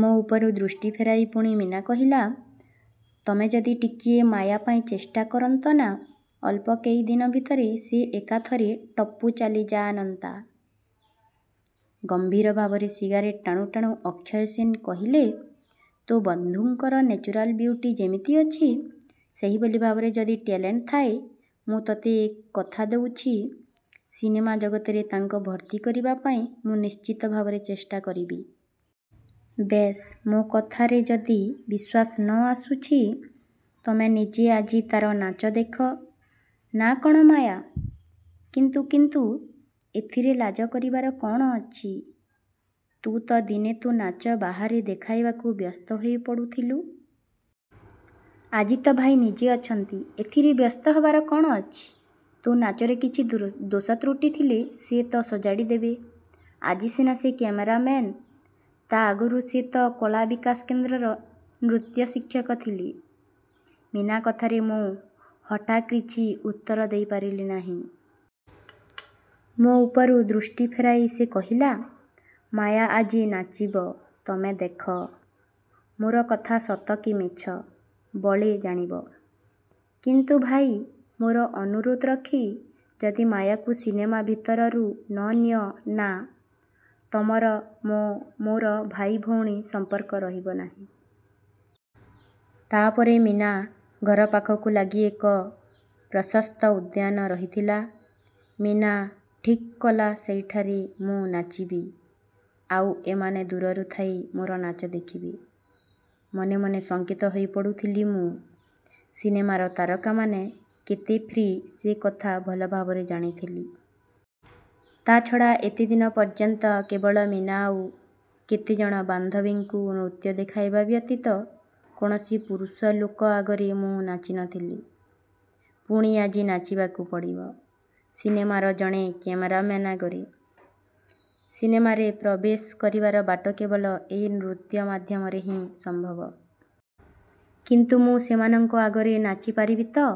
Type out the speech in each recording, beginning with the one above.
ମୋ ଉପରୁ ଦୃଷ୍ଟି ଫେରାଇ ପୁଣି ମୀନା କହିଲା, 'ତମେ ଯଦି ଟିକିଏ ମାୟା ପାଇଁ ଚେଷ୍ଟା କରନ୍ତ ନା, ଅଳ୍ପ କେଇଦିନ ଭିତରେ ସେ ଏକାଥରେ ଟପ୍କୁ ଚାଲିଯାଆନନ୍ତା। ' —ଗମ୍ଭୀର ଭାବରେ ସିଗାରେଟ୍ ଟାଣୁ ଟାଣୁ ଅକ୍ଷୟ ସେନ କହିଲେ, 'ତୋ ବନ୍ଧୁଙ୍କର ନେଚୁରାଲ ବିଉଟି ଯେମିତି ଅଛି, ସେହିଭଳି ଭାବରେ ଯଦି ଟ୍ୟାଲେଣ୍ଟ ଥାଏ, ମୁଁ ତୋତେ କଥା ଦେଉଛି, ସିନେମା ଜଗତରେ ତାଙ୍କ ଭର୍ତ୍ତି କରିବାପାଇଁ ମୁଁ ନିଶ୍ଚିତ ଭାବରେ ଚେଷ୍ଟା କରିବି। ' 'ବେଶ୍, ମୋ କଥାରେ ଯଦି ବିଶ୍ୱାସ ନ ଆସୁଛି, ତମେ ନିଜେ ଆଜି ତାର ନାଚ ଦେଖ। ନା, କ'ଣ ମାୟା? ' 'କିନ୍ତୁ, କିନ୍ତୁ... ' 'ଏଥିରେ ଲାଜ କରିବାର କ'ଣ ଅଛି! ତୁ ତ ଦିନେ ତୋ ନାଚ ବାହାରେ ଦେଖାଇବାକୁ ବ୍ୟସ୍ତ ହୋଇପଡ଼ୁଥିଲୁ। ଆଜି ତ ଭାଇ ନିଜେ ଅଛନ୍ତି। ଏଥିରେ ବ୍ୟସ୍ତ ହବାର କ'ଣ ଅଛି? ତୋ ନାଚରେ କିଛି ଦୋଷତ୍ରୁଟି ଥିଲେ ସେ ତ ସଜାଡ଼ିଦେବେ। ଆଜି ସିନା ସେ କ୍ୟାମେରାମ୍ୟାନ୍, ତା' ଆଗରୁ ସେ ତ କଳାବିକାଶ କେନ୍ଦ୍ରର ନୃତ୍ୟ ଶିକ୍ଷକ ଥିଲେ। ' —ମୀନା କଥାରେ ମୁଁ ହଠାତ୍କିଛି ଉତ୍ତର ଦେଇପାରିଲି ନାହିଁ। ମୋ ଉପରୁ ଦୃଷ୍ଟି ଫେରାଇ ସେ କହିଲା, 'ମାୟା ଆଜି ନାଚିବ, ତମେ ଦେଖ। ମୋର କଥା ସତ କି ମିଛ ବଳେ ଜାଣିବ। କିନ୍ତୁ ଭାଇ, ମୋର ଅନୁରୋଧ ରଖି ଯଦି ମାୟାକୁ ସିନେମା ଭିତରରୁ ନ ନିଅ ନା, ତମର ମୋର ଆଉ ଭାଇଭଉଣୀ ସମ୍ପର୍କ ରହିବ ନାହିଁ। ' ତା'ପରେ ମୀନା ଘର ପାଖକୁ ଲାଗି ଏକ ପ୍ରଶସ୍ତ ଉଦ୍ୟାନ ରହିଥିଲା। ମୀନା ଠିକ୍କଲା ସେଇଠାରେ ମୁଁ ନାଚିବି, ଆଉ ଏମାନେ ଦୂରରୁ ଥାଇ ମୋର ନାଚ ଦେଖିବେ। —ମନେ ମନେ ଶଙ୍କିତ ହୋଇପଡ଼ୁଥିଲି ମୁଁ। ସିନେମାର ତାରକାମାନେ କେତେ ଫ୍ରି ସେକଥା ଭଲ ଭାବରେ ଜାଣିଥିଲି। ତା'ଛଡ଼ା ଏତେଦିନ ପର୍ଯ୍ୟନ୍ତ କେବଳ ମୀନା ଆଉ କେତେଜଣ ବାନ୍ଧବୀଙ୍କୁ ନୃତ୍ୟ ଦେଖାଇବା ବ୍ୟତୀତ କୌଣସି ପୁରୁଷ ଲୋକ ଆଗରେ ମୁଁ ନାଚି ନ ଥିଲି। ପୁଣି ଆଜି ନାଚିବାକୁ ପଡ଼ିବ। ସିନେମାର ଜଣେ କ୍ୟାମେରାମ୍ୟାନ ଆଗରେ। ସିନେମାରେ ପ୍ରବେଶ କରିବାର ବାଟ କେବଳ ଏଇ ନୃତ୍ୟ ମାଧ୍ୟମରେ ହିଁ ସମ୍ଭବ। କିନ୍ତୁ ମୁଁ ସେମାନଙ୍କ ଆଗରେ ନାଚିପାରିବି ତ?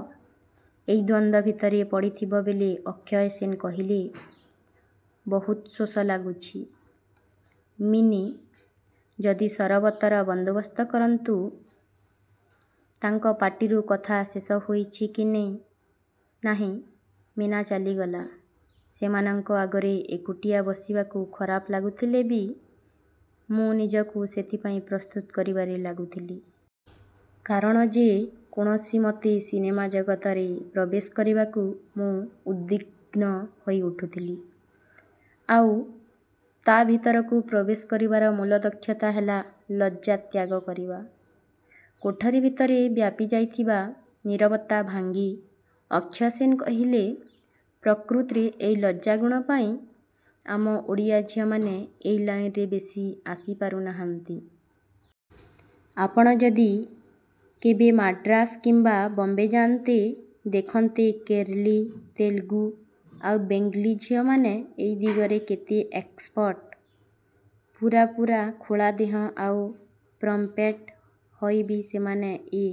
ଏଇ ଦ୍ୱନ୍ଦ୍ୱ ଭିତରେ ପଡ଼ିଥିବ ବେଳେ ଅକ୍ଷୟ ସେନ କହିଲେ, 'ବହୁତ ଶୋଷ ଲାଗୁଛି, ମିନୀ, ଯଦି ସରବତର ବନ୍ଦୋବସ୍ତ କରନ୍ତୁ... ' —ତାଙ୍କ ପାଟିରୁ କଥା ଶେଷ ହେଇଛି କି ନାହିଁ ମୀନା ଚାଲିଗଳା। ସେମାନଙ୍କ ଆଗରେ ଏକୁଟିଆ ବସିବାକୁ ଖରାପ ଲାଗୁଥିଲେ ବି, ମୁଁ ନିଜକୁ ସେଥିପାଇଁ ପ୍ରସ୍ତୁତ କରିବାରେ ଲାଗୁଥିଲି। କାରଣ ଯେ କୌଣସିମତେ ସିନେମା ଜଗତରେ ପ୍ରବେଶ କରିବାକୁ ମୁଁ ଉଦ୍ବିଗ୍ନ ହୋଇଉଠିଥିଲି। ଆଉ ତା' ଭିତରକୁ ପ୍ରବେଶ କରିବାର ମୂଳ ଦକ୍ଷତା ହେଲା ଲଜ୍ଜା ତ୍ୟାଗ କରିବା-। —କୋଠରି ଭିତରେ ବ୍ୟାପିଯାଇଥିବା ନୀରବତା ଭାଙ୍ଗି ଅକ୍ଷୟ ସେନ କହିଲେ, ପ୍ରକୃତରେ ଏଇ ଲଜ୍ଜାଗୁଣ ପାଇଁ ଆମ ଓଡ଼ିଆ ଝିଅମାନେ ଏଇ ଲାଇନରେ ବେଶି ଆସିପାରୁନାହାନ୍ତି। ଆପଣ ଯଦି କେବେ ମାଡ୍ରାସ କିମ୍ବା ବମ୍ବେ ଯାଆନ୍ତେ, ଦେଖନ୍ତେ କେରଳୀ, ତେଲଗୁ, ଆଉ ବେଙ୍ଗଲୀ ଝିଅମାନେ ଏଇ ଦିଗରେ କେତେ ଏକ୍ସ୍ପାର୍ଟ। ପୂରା ପୂରା ଖୋଲା ଦେହ ଆଉ ପ୍ରମ୍ପ୍ଟ୍ହେଇ ବି ସେମାନେ ଏ